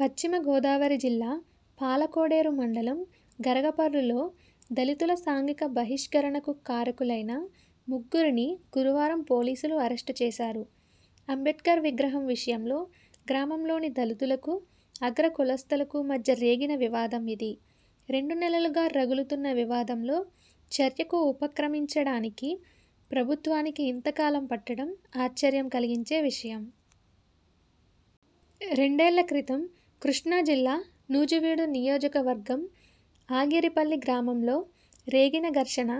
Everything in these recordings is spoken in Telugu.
పశ్చిమ గోదావరి జిల్లా పాలకోడేరు మండలం గరగపర్రులో దళితుల సాంఘిక బహిష్కరణకు కారకులైన ముగ్గురిని గురువారం పోలీసులు అరెస్టుచేశారు. అంబేడ్కర్ విగ్రహం విషయంలో గ్రామంలోని దళితులకూ, అగ్రకులస్థులకు మధ్య రేగిన వివాదం ఇది. రెండు నెలలుగా రగులుతున్న వివాదంలో చర్యకు ఉపక్రమించడానికి ప్రభుత్వానికి ఇంతకాలం పట్టడం ఆశ్చర్యం కలిగించే విషయం. రెండేళ్ళ క్రితం కృష్ణాజిల్లా నూజివీడు నియోజకవర్గం ఆగిరిపల్లి గ్రామంలో రేగిన ఘర్షణ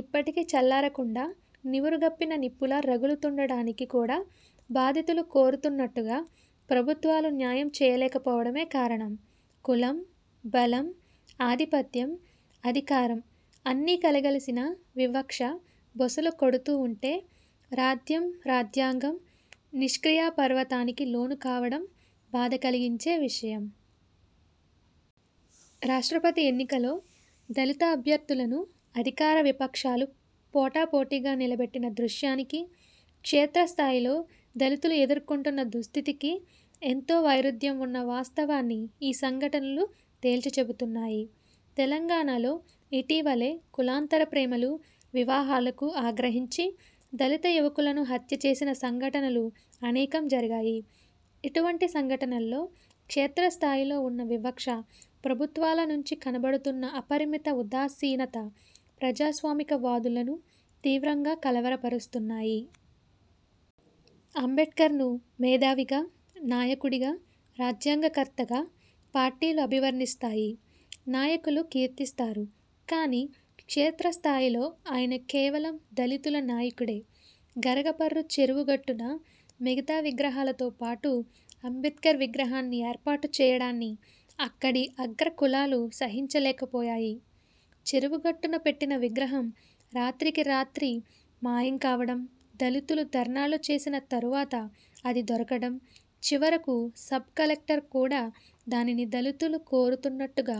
ఇప్పటికీ చల్లారకుండా నివురుగప్పిన నిప్పులా రగులుతూండటానికి కూడా బాధితులు కోరుతున్నట్టుగా ప్రభుత్వాలు న్యాయం చేయలేక పోవడమే కారణం. కులం, బలం, ఆధిపత్యం, అధికారం అన్నీ కలగలసిన వివక్ష బుసలు కొడుతుంటే రాజ్యం, రాజ్యాంగం నిష్క్రియా పరత్వానికి లోను కావడం బాధ కలిగించే విషయం. రాష్ట్రపతి ఎన్నికలో దళిత అభ్యర్థులను అధికార విపక్షాలు పోటాపోటీగా నిలబెట్టిన దృశ్యానికీ, క్షేత్రస్థాయిలో దళితులు ఎదుర్కొంటున్న దుస్థితికీ ఎంతో వైరుధ్యం ఉన్న వాస్తవాన్ని ఈ సంఘటనలు తేల్చిచెబుతున్నాయి. తెలంగాణలో ఇటీవలే కులాంతర ప్రేమలు, వివాహాలకు ఆగ్రహించి దళిత యువకులను హత్యచేసిన సంఘటనలు అనేకం జరిగాయి. ఇటువంటి సంఘటనల్లో క్షేత్రస్థాయిలో ఉన్న వివక్ష, ప్రభుత్వాల నుంచి కనబడుతున్న అపరిమిత ఉదాసీనత ప్రజాస్వామిక వాదులను తీవ్రంగా కలవరపరుస్తున్నాయి. అంబేడ్కర్ను మేధావిగా, నాయకుడిగా, రాజ్యాంగ కర్తగా పార్టీలు అభివర్ణిస్తాయి, నాయకులు కీర్తిస్తారు. కానీ, క్షేత్రస్థాయిలో ఆయన కేవలం దళితుల నాయకుడే. గరగపర్రు చెరువు గట్టున మిగతా విగ్రహాలతో పాటు అంబేడ్కర్ విగ్రహాన్ని ఏర్పాటు చేయడాన్ని అక్కడి అగ్ర కులాలు సహించలేక పోయాయి. చెరువు గట్టున పెట్టిన విగ్రహం రాత్రికి రాత్రి మాయం కావడం, దళితులు ధర్నాలు చేసిన తరువాత అది దొరకడం, చివరకు సబ్ కలెక్టర్ కూడా దానిని దళితులు కోరుతున్నట్టుగా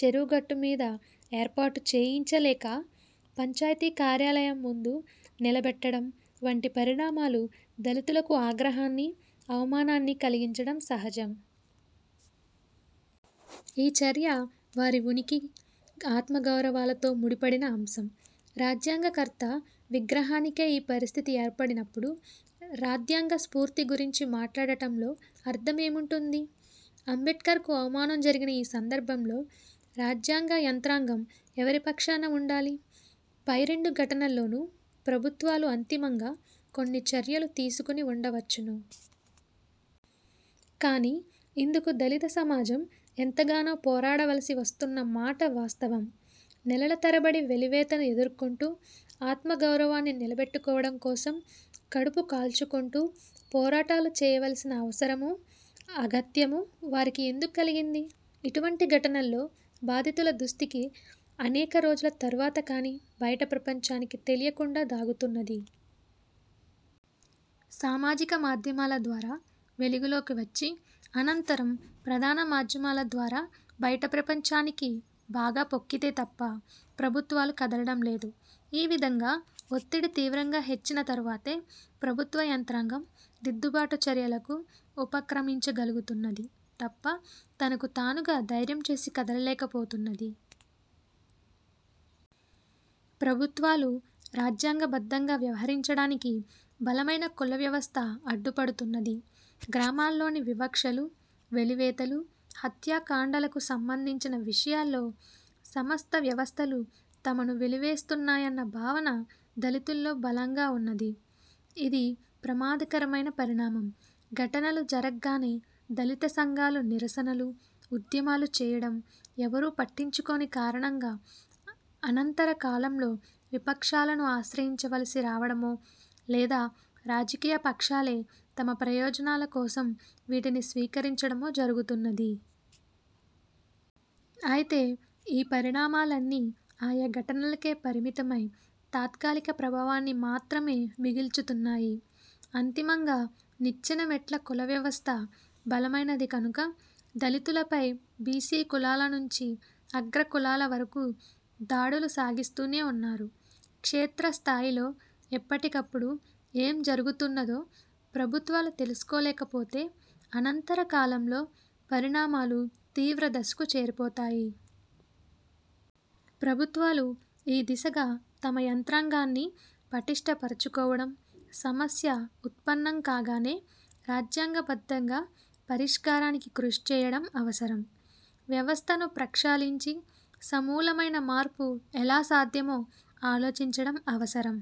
చెరువుగట్టు మీద ఏర్పాటు చేయించలేక, పంచాయితీ కార్యాలయం ముందు నిలబెట్టడం వంటి పరిణామాలు దళితులకు ఆగ్రహాన్ని, అవమానాన్ని కలిగించడం సహజం. ఈ చర్య వారి ఉనికి, ఆత్మగౌరవాలతో ముడిపడిన అంశం. రాజ్యాంగకర్త విగ్రహానికే ఈ పరిస్థితి ఏర్పడినప్పుడు రాజ్యాగ స్ఫూర్తి గురించి మాట్లాడటంలో అర్థం ఏముంటుంది? అంబేడ్కర్కు అవమానం జరిగిన ఈ సందర్భంలో రాజ్యాంగ యంత్రాంగం ఎవరిపక్షాన ఉండాలి? పై రెండు ఘటనల్లోనూ ప్రభుత్వాలు అంతిమంగా కొన్ని చర్యలు తీసుకొని వుండవచ్చును. కానీ, ఇందుకు దళితసమాజం ఎంతగానో పోరాడవలసి వస్తున్న మాట వాస్తవం. నెలల తరబడి వెలివేతను ఎదుర్కొంటూ ఆత్మగౌరవాన్ని నిలబెట్టుకోవడం కోసం కడుపు కాల్చుకుంటూ పోరాటాలు చేయవలసిన అవసరమూ, అగత్యమూ వారికి ఎందుకు కలిగింది? ఇటువంటి ఘటనల్లో బాధితుల దుస్థితి అనేక రోజుల తరువాత కానీ బయటి ప్రపంచానికి తెలియకుండా దాగుతున్నది. సామాజిక మాధ్యమాల ద్వారా వెలుగులోకి వచ్చి, అనంతరం ప్రధాన మాధ్యమాల ద్వారా బయట ప్రపంచానికి బాగా పొక్కితే తప్ప ప్రభుత్వాలు కదలడం లేదు. ఈ విధంగా ఒత్తిడి తీవ్రంగా హెచ్చిన తరువాతే ప్రభుత్వ యంత్రాంగం దిద్దుబాటు చర్యలకు ఉపక్రమించగలుగుతున్నది తప్ప తనకు తానుగా ధైర్యం చేసి కదలలేక పోతున్నది. ప్రభుత్వాలు రాజ్యాంగ బద్ధంగా వ్యహరించడానికి బలమైన కుల వ్యవస్థ అడ్డు పడుతున్నది. గ్రామాల్లోని వివక్షలు, వెలివేతలు, హత్యాకాండలకు సంబంధించిన విషయాల్లో సమస్త వ్యవస్థలూ తమను వెలివేస్తున్నాయన్న భావన దళితుల్లో బలంగా ఉన్నది. ఇది ప్రమాదకరమైన పరిణామం. ఘటనలు జరగ్గానే దళిత సంఘాలు నిరసనలు, ఉద్యమాలు చేయడం, ఎవరూ పట్టించుకోని కారణంగా అనంతరకాలంలో విపక్షాలను ఆశ్రయించవలసి రావడమో, లేదా రాజకీయపక్షాలే తమ ప్రయోజనాల కోసం వీటిని స్వీకరించడమో జరుగుతున్నది. అయితే, ఈ పరిణామాలన్నీ ఆయా ఘటనలకే పరిమితమై, తాత్కాలిక ప్రభావాన్ని మాత్రమే మిగల్చుతున్నాయి. అంతిమంగా నిచ్చెన మెట్ల కులవ్యవస్థ బలమైనది కనుక దళితులపై బీసీ కులాల నుంచి అగ్ర కులాల వరకూ దాడులు సాగిస్తూనే ఉన్నారు. క్షేత్రస్థాయిలో ఎప్పటికప్పుడు ఏం జరుగుతున్నదో ప్రభుత్వాలు తెలుసుకోలేకపోతే అనంతర కాలంలో పరిణామాలు తీవ్ర దశకు చేరిపోతాయి. ప్రభుత్వాలు ఈ దిశగా తమ యంత్రాంగాన్ని పటిష్ఠ పరచుకోవడం, సమస్య ఉత్పన్నం కాగానే రాజ్యాంగ బద్ధంగా పరిష్కారానికి కృషిచేయడం అవసరం. వ్యవస్థను ప్రక్షాళించి సమూలమైన మార్పు ఎలా సాధ్యమో ఆలోచించడం అవసరం.